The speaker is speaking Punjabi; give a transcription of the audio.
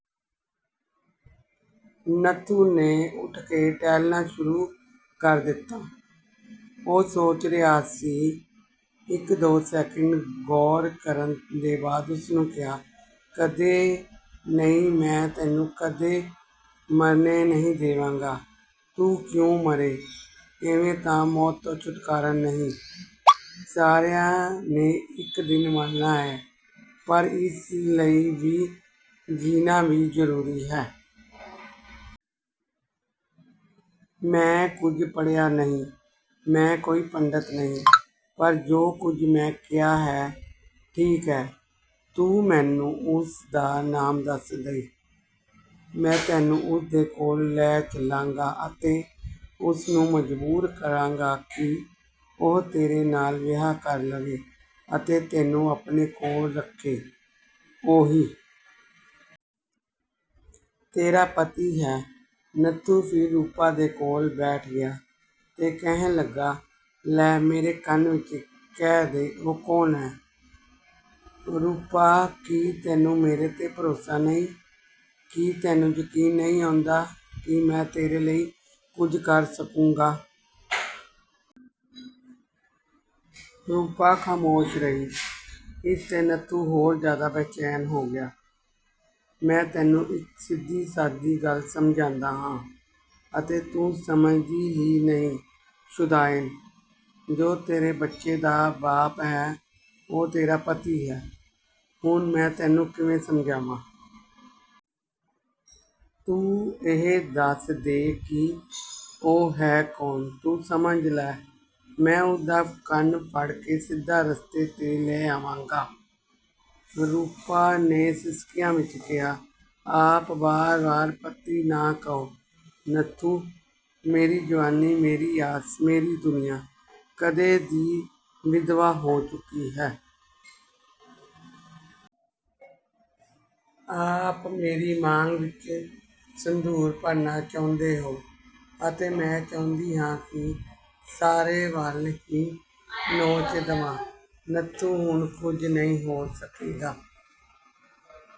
ਨੱਥੂ ਨੇ ਉਠ ਕੇ ਟਹਿਲਣਾ ਸ਼ੁਰੂ ਕਰ ਦਿੱਤਾ। ਉਹ ਸੋਚ ਰਿਹਾ ਸੀ। ਇੱਕ-ਦੋ ਸੈਕਿੰਡ ਗ਼ੌਰ ਕਰਨ ਦੇ ਬਾਅਦ ਉਸਨੇ ਕਿਹਾ, "ਕਦੇ ਨਹੀਂ, ਮੈਂ ਤੈਨੂੰ ਕਦੇ ਮਰਨੇ ਨਹੀਂ ਦੇਵਾਂਗਾ, ਤੂੰ ਕਿਉਂ ਮਰੇਂ। ਇਵੇਂ ਤਾਂ ਮੌਤ ਤੋਂ ਛੁਟਕਾਰਾ ਨਹੀਂ, ਸਾਰਿਆਂ ਨੇ ਇੱਕ ਦਿਨ ਮਰਨਾ ਹੈ ਪਰ ਇਸ ਲਈ ਜੀਣਾ ਵੀ ਜ਼ਰੂਰੀ ਹੈ। ਮੈਂ ਕੁੱਝ ਪੜ੍ਹਿਆ ਨਹੀਂ, ਮੈਂ ਕੋਈ ਪੰਡਤ ਨਹੀਂ, ਪਰ ਜੋ ਕੁੱਝ ਮੈਂ ਕਿਹਾ ਹੈ ਠੀਕ ਹੈ, ਤੂੰ ਮੈਨੂੰ ਉਸਦਾ ਨਾਮ ਦੱਸ ਦੇ। ਮੈਂ ਤੈਨੂੰ ਉਸਦੇ ਕੋਲ ਲੈ ਚਲਾਂਗਾ ਅਤੇ ਉਸਨੂੰ ਮਜਬੂਰ ਕਰਾਂਗਾ ਕਿ ਉਹ ਤੇਰੇ ਨਾਲ਼ ਵਿਆਹ ਕਰ ਲਵੇ ਅਤੇ ਤੈਨੂੰ ਆਪਣੇ ਕੋਲ ਰੱਖੇ। ਉਹੀ ਤੇਰਾ ਪਤੀ ਹੈ।" ਨੱਥੂ ਫਿਰ ਰੂਪਾ ਦੇ ਕੋਲ ਬੈਠ ਗਿਆ ਅਤੇ ਕਹਿਣ ਲੱਗਾ, "ਲੈ ਮੇਰੇ ਕੰਨ ਵਿੱਚ ਕਹਿ ਦੇ ਉਹ ਕੌਣ ਹੈ? ਰੂਪਾ ਕੀ ਤੈਨੂੰ ਮੇਰੇ 'ਤੇ ਭਰੋਸਾ ਨਹੀਂ, ਕੀ ਤੈਨੂੰ ਯਕੀਨ ਨਹੀਂ ਆਉਂਦਾ ਕਿ ਮੈਂ ਤੇਰੇ ਲਈ ਕੁੱਝ ਕਰ ਸਕੂੰਗਾ।" ਰੂਪਾ ਖ਼ਾਮੋਸ਼ ਰਹੀ, ਇਸ 'ਤੇ ਨੱਥੂ ਹੋਰ ਜ਼ਿਆਦਾ ਬੇਚੈਨ ਹੋ ਗਿਆ, "ਮੈਂ ਤੈਨੂੰ ਇੱਕ ਸਿੱਧੀ-ਸਾਦੀ ਗੱਲ ਸਮਝਾਂਦਾ ਹਾਂ ਅਤੇ ਤੂੰ ਸਮਝਦੀ ਹੀ ਨਹੀਂ, ਸ਼ੁਦਾਇਣ, ਜੋ ਤੇਰੇ ਬੱਚੇ ਦਾ ਬਾਪ ਹੈ ਉਹੀ ਤੇਰਾ ਪਤੀ ਹੈ, ਹੁਣ ਮੈਂ ਤੈਨੂੰ ਕਿਵੇਂ ਸਮਝਾਵਾਂ? ਤੂੰ ਇਹ ਦੱਸ ਦੇ ਕਿ ਉਹ ਹੈ ਕੌਣ ਤੂੰ ਸਮਝ ਲੈ। ਮੈਂ ਉਸਦਾ ਕੰਨ ਫੜ ਕੇ ਸਿੱਧੇ ਰਸਤੇ 'ਤੇ ਲੈ ਆਵਾਂਗਾ।" ਰੂਪਾ ਨੇ ਸਿਸਕੀਆਂ ਵਿੱਚ ਕਿਹਾ, "ਆਪ ਵਾਰ-ਵਾਰ ਪਤੀ ਨਾ ਕਹੋ ਨੱਥੂ, ਮੇਰੀ ਜਵਾਨੀ, ਮੇਰੀ ਆਸ, ਮੇਰੀ ਦੁਨੀਆ, ਕਦੇ ਦੀ ਵਿਧਵਾ ਹੋ ਚੁੱਕੀ ਹੈ। ਆਪ ਮੇਰੀ ਮਾਂਗ ਵਿੱਚ ਸੰਧੂਰ ਭਰਨਾ ਚਾਹੁੰਦੇ ਹੋ ਅਤੇ ਮੈਂ ਚਾਹੁੰਦੀ ਹਾਂ ਕਿ ਸਾਰੇ ਵਾਲ਼ ਹੀ ਨੋਚ ਦਵਾਂ ਨੱਥੂ ਹੁਣ ਕੁੱਝ ਨਹੀਂ ਹੋ ਸਕੇਗਾ।